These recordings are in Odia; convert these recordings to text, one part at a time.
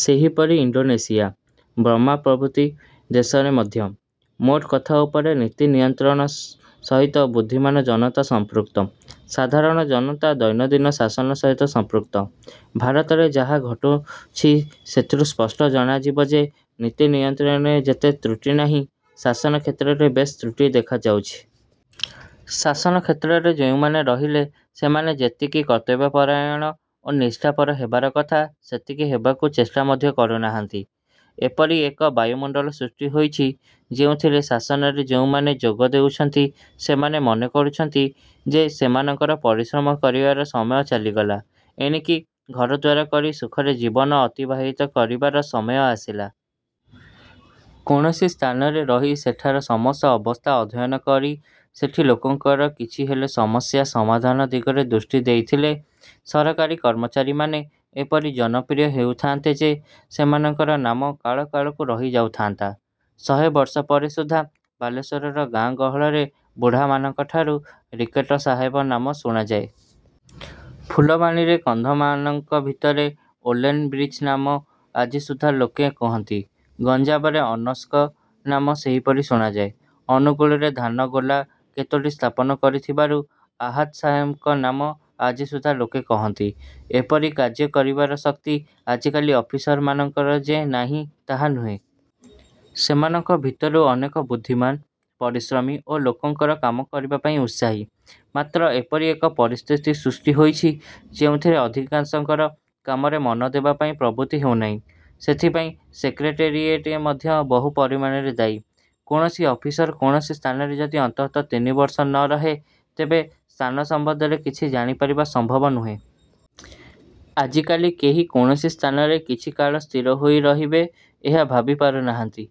ସେହିପରି ଇଣ୍ଡୋନେସିଆ, ବର୍ମା ପ୍ରଭୃତି ଦେଶରେ ମଧ୍ୟ। ମୋଟ କଥା ଉପରେ ନୀତି ନିୟନ୍ତ୍ରଣ ସହିତ ବୁଦ୍ଧିମାନ ଜନତା ସଂପୃକ୍ତ। ସାଧାରଣ ଜନତା ଦୈନନ୍ଦିନ ଶାସନ ସହିତ ସଂପୃକ୍ତ। ଭାରତରେ ଯାହା ଘଟୁଛି ସେଥିରୁ ସ୍ପଷ୍ଟ ଜଣାଯିବ ଯେ ନୀତି ନିୟନ୍ତ୍ରଣରେ ଯେତେ ତ୍ରୁଟି ନାହିଁ, ଶାସନ କ୍ଷେତ୍ରରେ ବେଶି ତ୍ରୁଟି ଦେଖାଯାଉଛି। ଶାସନ କ୍ଷେତ୍ରରେ ଯେଉଁମାନେ ରହିଲେ, ସେମାନେ ଯେତିକି କର୍ତ୍ତବ୍ୟପରାୟଣ ଓ ନିଷ୍ଠାପର ହେବାର କଥା ସେତିକି ହେବାକୁ ଚେଷ୍ଟା ମଧ୍ୟ କରୁନାହାନ୍ତି। ଏପରି ଏକ ବାୟୁମଣ୍ଡଳ ସୃଷ୍ଟି ହୋଇଛି, ଯେଉଁଥିରେ ଶାସନରେ ଯେଉଁମାନେ ଯୋଗ ଦେଉଛନ୍ତି ସେମାନେ ମନେ କରୁଛନ୍ତି ଯେ ସେମାନଙ୍କର ପରିଶ୍ରମ କରିବାର ସମୟ ଚାଲିଗଲା, ଏଣିକି ଘରଦ୍ୱାର କରି ସୁଖରେ ଜୀବନ ଅତିବାହିତ କରିବାର ସମୟ ଆସିଲା। କୌଣସି ସ୍ଥାନରେ ରହି ସେଠାର ସମସ୍ତ ଅବସ୍ଥା ଅଧ୍ୟୟନ କରି ସେଠି ଲୋକଙ୍କର କିଛିହେଲେ ସମସ୍ୟା ସମାଧାନ ଦିଗରେ ଦୃଷ୍ଟି ଦେଇଥିଲେ, ସରକାରୀ କର୍ମଚାରୀମାନେ ଏପରି ଜନପ୍ରିୟ ହେଉଥାନ୍ତେ ଯେ ସେମାନଙ୍କ ନାମ କାଳକାଳକୁ ରହିଯାଉଥାନ୍ତା। ଶହେ ବର୍ଷ ପରେ ସୁଦ୍ଧା ବାଲେଶ୍ୱରର ଗାଁ ଗହଳରେ ବୁଢ଼ାମାନଙ୍କଠାରୁ ରିକେଟ ସାହେବ ନାମ ଶୁଣାଯାଏ। ଫୁଲବାଣୀରେ କନ୍ଧମାନଙ୍କ ଭିତରେ ଓଲେନ ବ୍ରିଚ ନାମ ଆଜିସୁଦ୍ଧା ଲୋକେ କହନ୍ତି। ଗଞ୍ଜାମରେ ଅନସ୍କୋ ନାମ ସେହିପରି ଶୁଣାଯାଏ। ଅନୁଗୁଳରେ ଧାନ ଗୋଲା କେତୋଟି ସ୍ଥାପନ କରିଥିବାରୁ ଆହାଦ ସାହେବଙ୍କ ନାମ ଆଜିସୁଦ୍ଧା ଲୋକେ କହନ୍ତି। ଏପରି କାର୍ଯ୍ୟ କରିବାର ଶକ୍ତି ଆଜିକାଲି ଅଫିସରମାନଙ୍କର ଯେ ନାହିଁ ତାହା ନୁହେଁ। ସେମାନଙ୍କ ଭିତରୁ ଅନେକ ବୁଦ୍ଧିମାନ, ପରିଶ୍ରମୀ ଓ ଲୋକଙ୍କର କାମ କରିବା ପାଇଁ ଉତ୍ସାହୀ; ମାତ୍ର ଏପରି ଏକ ପରିସ୍ଥିତି ସୃଷ୍ଟି ହୋଇଛି, ଯେଉଁଥିରେ ଅଧିକାଂଶଙ୍କର କାମରେ ମନ ଦେବାପାଇଁ ପ୍ରବୃତ୍ତି ହେଉନାହିଁ। ସେଥିପାଇଁ ସେକ୍ରେଟାରୀଏଟ ମଧ୍ୟ ବହୁ ପରିମାଣରେ ଦାୟୀ। କୌଣସି ଅଫିସର କୌଣସି ସ୍ଥାନରେ ଯଦି ଅନ୍ତତଃ ତିନିବର୍ଷ ନ ରହେ, ତେବେ ସ୍ଥାନ ସମ୍ବନ୍ଧରେ କିଛି ଜାଣିପାରିବା ସମ୍ଭବ ନୁହେଁ। ଆଜିକାଲି କେହି କୌଣସି ସ୍ଥାନରେ କିଛିକାଳ ସ୍ଥିର ହୋଇ ରହିବେ, ଏହା ଭାବିପାରୁନାହାନ୍ତି।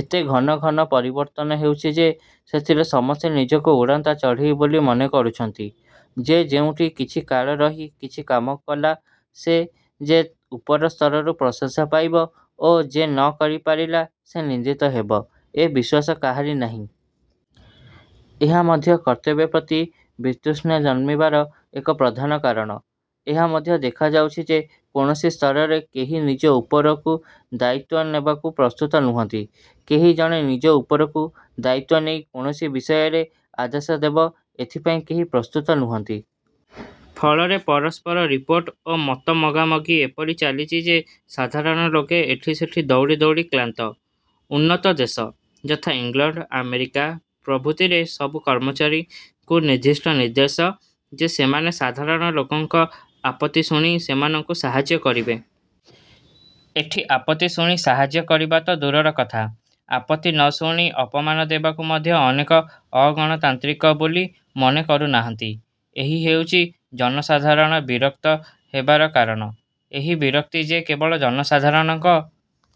ଏତେ ଘନ ଘନ ପରିବର୍ତ୍ତନ ହେଉଛି ଯେ ସେଥିରେ ସମସ୍ତେ ନିଜକୁ ଉଡ଼ନ୍ତା ଚଢ଼େଇ ବୋଲି ମନେ କରୁଛନ୍ତି। ଯେ ଯେଉଁଠି କିଛିକାଳ ରହି କିଛି କାମ କଲା ସେ ଯେ ଉପର ସ୍ତରରୁ ପ୍ରଶଂସା ପାଇବ ଓ ଯେ ନ କରିପାରିଲା ସେ ନିନ୍ଦିତ ହେବ- ଏ ବିଶ୍ୱାସ କାହାରି ନାହିଁ। ଏହା ମଧ୍ୟ କର୍ତ୍ତବ୍ୟ ପ୍ରତି ବିତୃଷ୍ଣା ଜନ୍ମିବାର ଏକ ପ୍ରଧାନ କାରଣ। ଏହା ମଧ୍ୟ ଦେଖାଯାଉଛି ଯେ କୌଣସି ସ୍ତରରେ କେହି ନିଜ ଉପରକୁ ଦାୟିତ୍ୱ ନେବାକୁ ପ୍ରସ୍ତୁତ ନୁହନ୍ତି। କେହି ଜଣେ ନିଜ ଉପରକୁ ଦାୟିତ୍ୱ ନେଇ କୌଣସି ବିଷୟରେ ଆଦେଶ ଦେବ, ଏଥିପାଇଁ କେହି ପ୍ରସ୍ତୁତ ନୁହନ୍ତି। ଫଳରେ ପରସ୍ପର ରିପୋର୍ଟ ଓ ମତ ମଗାମଗି ଏପରି ଚାଲିଛି ଯେ ସାଧାରଣ ଲୋକେ ଏଠିସେଠି ଦୌଡ଼ି ଦୌଡ଼ି କ୍ଳାନ୍ତ। ଉନ୍ନତ ଦେଶ, ଯଥା- ଇଂଲଣ୍ଡ, ଆମେରିକା ପ୍ରଭୃତିରେ ସବୁ କର୍ମଚାରୀଙ୍କୁ ନିର୍ଦ୍ଦିଷ୍ଟ ନିର୍ଦ୍ଦେଶ ଯେ ସେମାନେ ସାଧାରଣ ଲୋକଙ୍କ ଆପତ୍ତି ଶୁଣି ସେମାନଙ୍କୁ ସାହାଯ୍ୟ କରିବେ। ଏଠି ଆପତ୍ତି ଶୁଣି ସାହାଯ୍ୟ କରିବା ତ ଦୂରର କଥା, ଆପତ୍ତି ନ ଶୁଣି ଅପମାନ ଦେବାକୁ ମଧ୍ୟ ଅନେକେ ଅଗଣତାନ୍ତ୍ରିକ ବୋଲି ମନେ କରୁନାହାନ୍ତି। ଏହି ହେଉଛି ଜନସାଧାରଣ ବିରକ୍ତ ହେବାର କାରଣ। ଏହି ବିରକ୍ତି ଯେ କେବଳ ଜନସାଧାରଣଙ୍କ